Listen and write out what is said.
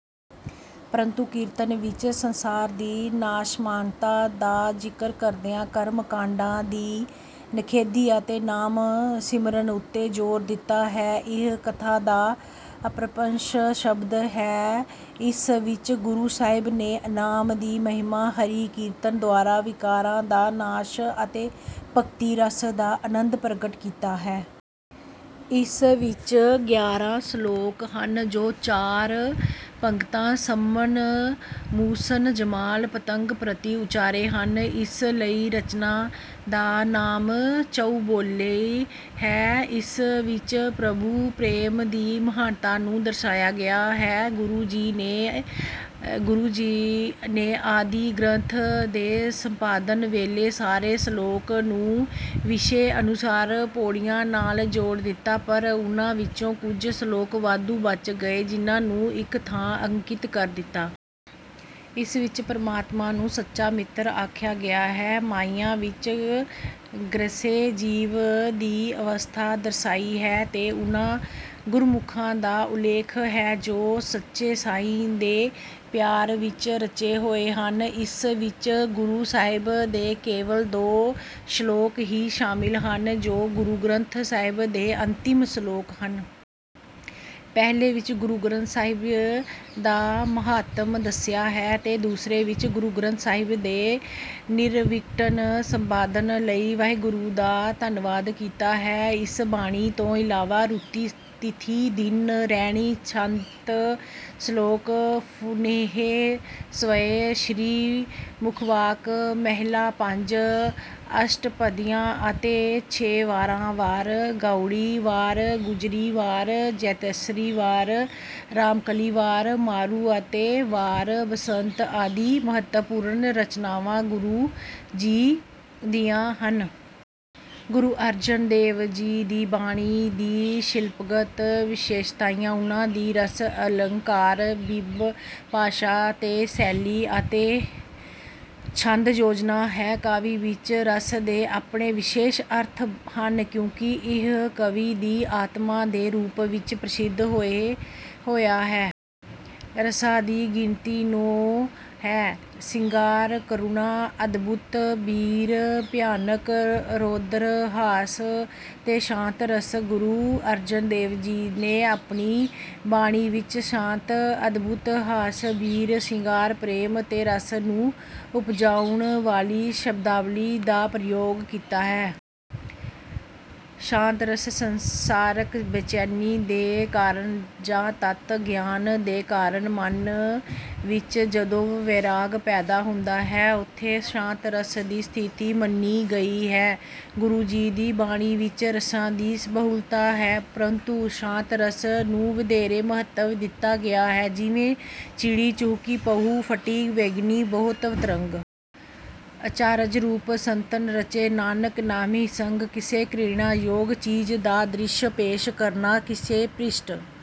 ਪਰੰਤੂ ਕੀਰਤਨ ਵਿੱਚ ਸੰਸਾਰ ਦੀ ਨਾਸ਼ਮਾਨਤਾ ਦਾ ਜ਼ਿਕਰ ਕਰਦਿਆਂ ਕਰਮ ਕਾਂਡਾਂ ਦੀ ਨਿਖੇਧੀ ਅਤੇ ਨਾਮ ਸਿਮਰਨ ਉੱਤੇ ਜ਼ੋਰ ਦਿੱਤਾ ਹੈ। ਇਹ ਕਥਾ ਦਾ ਅਪਭ੍ਰੰਸ਼ ਸ਼ਬਦ ਹੈ। ਇਸ ਵਿੱਚ ਗੁਰੂ ਸਾਹਿਬ ਨੇ ਨਾਮ ਦੀ ਮਹਿਮਾ ਹਰੀ ਕੀਰਤਨ ਦੁਆਰਾ ਵਿਕਾਰਾਂ ਦਾ ਨਾਸ਼ ਅਤੇ ਭਗਤੀ ਰਸ ਦਾ ਆਨੰਦ ਪ੍ਰਗਟ ਕੀਤਾ ਹੈ। ਇਸ ਵਿੱਚ ਗਿਆਰਾਂ ਸਲੋਕ ਹਨ, ਜੋ ਚਾਰ ਭਗਤਾਂ ਸੰਮਨ, ਮੂਸਨ, ਜਮਾਲ, ਪਤੰਗ ਪ੍ਰਤੀ ਉਚਾਰੇ ਹਨ। ਇਸ ਲਈ ਰਚਨਾ ਦਾ ਨਾਮ ਚਉਬੋਲੇ ਹੈ। ਇਸ ਵਿੱਚ ਪ੍ਰਭੂ ਪ੍ਰੇਮ ਦੀ ਮਹਾਨਤਾ ਨੂੰ ਦਰਸਾਇਆ ਗਿਆ ਹੈ। ਗੁਰੂ ਜੀ ਨੇ ਆਦਿ ਗ੍ਰੰਥ ਦੇ ਸੰਪਾਦਨ ਵੇਲੇ ਸਾਰੇ ਸਲੋਕਾਂ ਨੂੰ ਵਿਸ਼ੇ ਅਨੁਸਾਰ ਪੌੜੀਆਂ ਨਾਲ ਜੋੜ ਦਿੱਤਾ, ਪਰ ਉਨ੍ਹਾਂ ਵਿੱਚੋਂ ਕੁਝ ਸਲੋਕ ਵਾਧੂ ਬਚ ਗਏ, ਜਿਹਨਾਂ ਨੂੰ ਇੱਕ ਥਾਂ ਅੰਕਿਤ ਕਰ ਦਿੱਤਾ। ਇਸ ਵਿੱਚ ਪਰਮਾਤਮਾ ਨੂੰ ਸੱਚਾ ਮਿੱਤਰ ਆਖਿਆ ਗਿਆ ਹੈ। ਮਾਇਆ ਵਿੱਚ ਗ੍ਰਸੇ ਜੀਵ ਦੀ ਅਵਸਥਾ ਦਰਸਾਈ ਹੈ ਤੇ ਉਨ੍ਹਾਂ ਗੁਰਮੁਖਾਂ ਦਾ ਉਲੇਖ ਹੈ, ਜੋ ਸੱਚੇ ਸਾਈਂ ਦੇ ਪਿਆਰ ਵਿੱਚ ਰਚੇ ਹੋਏ ਹਨ। ਇਸ ਵਿੱਚ ਗੁਰੂ ਸਾਹਿਬ ਦੇ ਕੇਵਲ ਦੋ ਸਲੋਕ ਹੀ ਸ਼ਾਮਿਲ ਹਨ ਜੋ ਗੁਰੂ ਗ੍ਰੰਥ ਸਾਹਿਬ ਦੇ ਅੰਤਿਮ ਸਲੋਕ ਹਨ। ਪਹਿਲੇ ਵਿੱਚ ਗੁਰੂ ਗ੍ਰੰਥ ਸਾਹਿਬ ਦਾ ਮਹਾਤਮ ਦੱਸਿਆ ਹੈ ਤੇ ਦੂਸਰੇ ਵਿੱਚ ਗੁਰੂ ਗ੍ਰੰਥ ਸਾਹਿਬ ਦੇ ਨਿਰਵਿਘਨ ਸੰਪਾਦਨ ਲਈ ਵਾਹਿਗੁਰੂ ਦਾ ਧੰਨਵਾਦ ਕੀਤਾ ਹੈ। ਇਸ ਬਾਣੀ ਤੋਂ ਇਲਾਵਾ ਰੁਤੀ, ਥਿਤੀ, ਦਿਨ ਰੈਣਿ, ਛੰਤ, ਸਲੋਕ ਫੁਨਹੇ, ਸਵਯੇ ਸ੍ਰੀ ਮੁਖਵਾਕ ਮਹਲਾ ਪੰਜ, ਅਸ਼ਟਪਦੀਆਂ ਅਤੇ ਛੇ ਵਾਰਾਂ ਵਾਰ ਗਉੜੀ, ਵਾਰ ਗੂਜਰੀ, ਵਾਰ ਜੈਤਸਰੀ, ਵਾਰ ਰਾਮਕਲੀ, ਵਾਰ ਮਾਰੂ ਅਤੇ ਵਾਰ ਬਸੰਤ ਆਦਿ ਮਹੱਤਵਪੂਰਨ ਰਚਨਾਵਾਂ ਗੁਰੂ ਜੀ ਦੀਆਂ ਹਨ। ਗੁਰੂ ਅਰਜਨ ਦੇਵ ਜੀ ਦੀ ਬਾਣੀ ਦੀ ਸ਼ਿਲਪਗਤ ਵਿਸ਼ੇਸਤਾਈਆਂ ਉਨ੍ਹਾਂ ਦੀ ਰਸ, ਅਲੰਕਾਰ, ਬਿੰਬ, ਭਾਸ਼ਾ ਤੇ ਸ਼ੈਲੀ ਅਤੇ ਛੰਦ ਯੋਜਨਾ ਹੈ। ਕਾਵਿ ਵਿੱਚ ਰਸ ਦੇ ਆਪਣੇ ਵਿਸ਼ੇਸ਼ ਅਰਥ ਹਨ, ਕਿਉਂਕਿ ਇਹ ਕਾਵਿ ਦੀ ਆਤਮਾ ਦੇ ਰੂਪ ਵਿੱਚ ਪ੍ਰਸਿੱਧ ਹੋਇਆ ਹੈ। ਰਸਾਂ ਦੀ ਗਿਣਤੀ ਨੌਂ ਹੈ। ਸ਼ਿੰਗਾਰ, ਕਰੁਣਾ, ਅਦਭੁਤ, ਬੀਰ, ਭਿਆਨਕ, ਰੌਦਰ, ਹਾਸ ਤੇ ਸ਼ਾਂਤ ਰਸ। ਗੁਰੂ ਅਰਜਨ ਦੇਵ ਜੀ ਨੇ ਆਪਣੀ ਬਾਣੀ ਵਿੱਚ ਸ਼ਾਂਤ, ਅਦਭੁਤ, ਹਾਸ, ਬੀਰ, ਸ਼ਿੰਗਾਰ, ਪ੍ਰੇਮ ਤੇ ਰਸ ਨੂੰ ਉਪਜਾਉਣ ਵਾਲੀ ਸ਼ਬਦਾਵਲੀ ਦਾ ਪ੍ਰਯੋਗ ਕੀਤਾ ਹੈ। ਸ਼ਾਂਤ ਰਸ ਸੰਸਾਰਕ ਬੇਚੈਨੀ ਦੇ ਕਾਰਨ ਜਾਂ ਤੱਤ ਗਿਆਨ ਦੇ ਕਾਰਨ ਮਨ ਵਿੱਚ ਜਦੋਂ ਵੈਰਾਗ ਪੈਦਾ ਹੁੰਦਾ ਹੈ, ਉੱਥੇ ਸ਼ਾਂਤ ਰਸ ਦੀ ਸਥਿਤੀ ਮੰਨੀ ਗਈ ਹੈ। ਗੁਰੂ ਜੀ ਦੀ ਬਾਣੀ ਵਿੱਚ ਰਸਾਂ ਦੀ ਬਹੁਲਤਾ ਹੈ ਪਰੰਤੂ ਸ਼ਾਂਤ ਰਸ ਨੂੰ ਵਧੇਰੇ ਮਹੱਤਵ ਦਿੱਤਾ ਗਿਆ ਹੈ ਜਿਵੇਂ: ਚਿੜੀ ਚੂਹਕੀ ਪਹੁ ਫਟੀ ਵਗਨਿ ਬਹੁਤ ਤਰੰਗ। ਅਚਾਰਜ ਰੂਪ ਸੰਤਨ ਰਚੇ ਨਾਨਕ ਨਾਮਹਿ ਸੰਗ। ਕਿਸੇ ਘ੍ਰਿਣਾ ਯੋਗ ਚੀਜ਼ ਦਾ ਦ੍ਰਿਸ਼ ਪੇਸ਼ ਕਰਨਾ, ਕਿਸੇ ਭ੍ਰਿਸ਼ਟ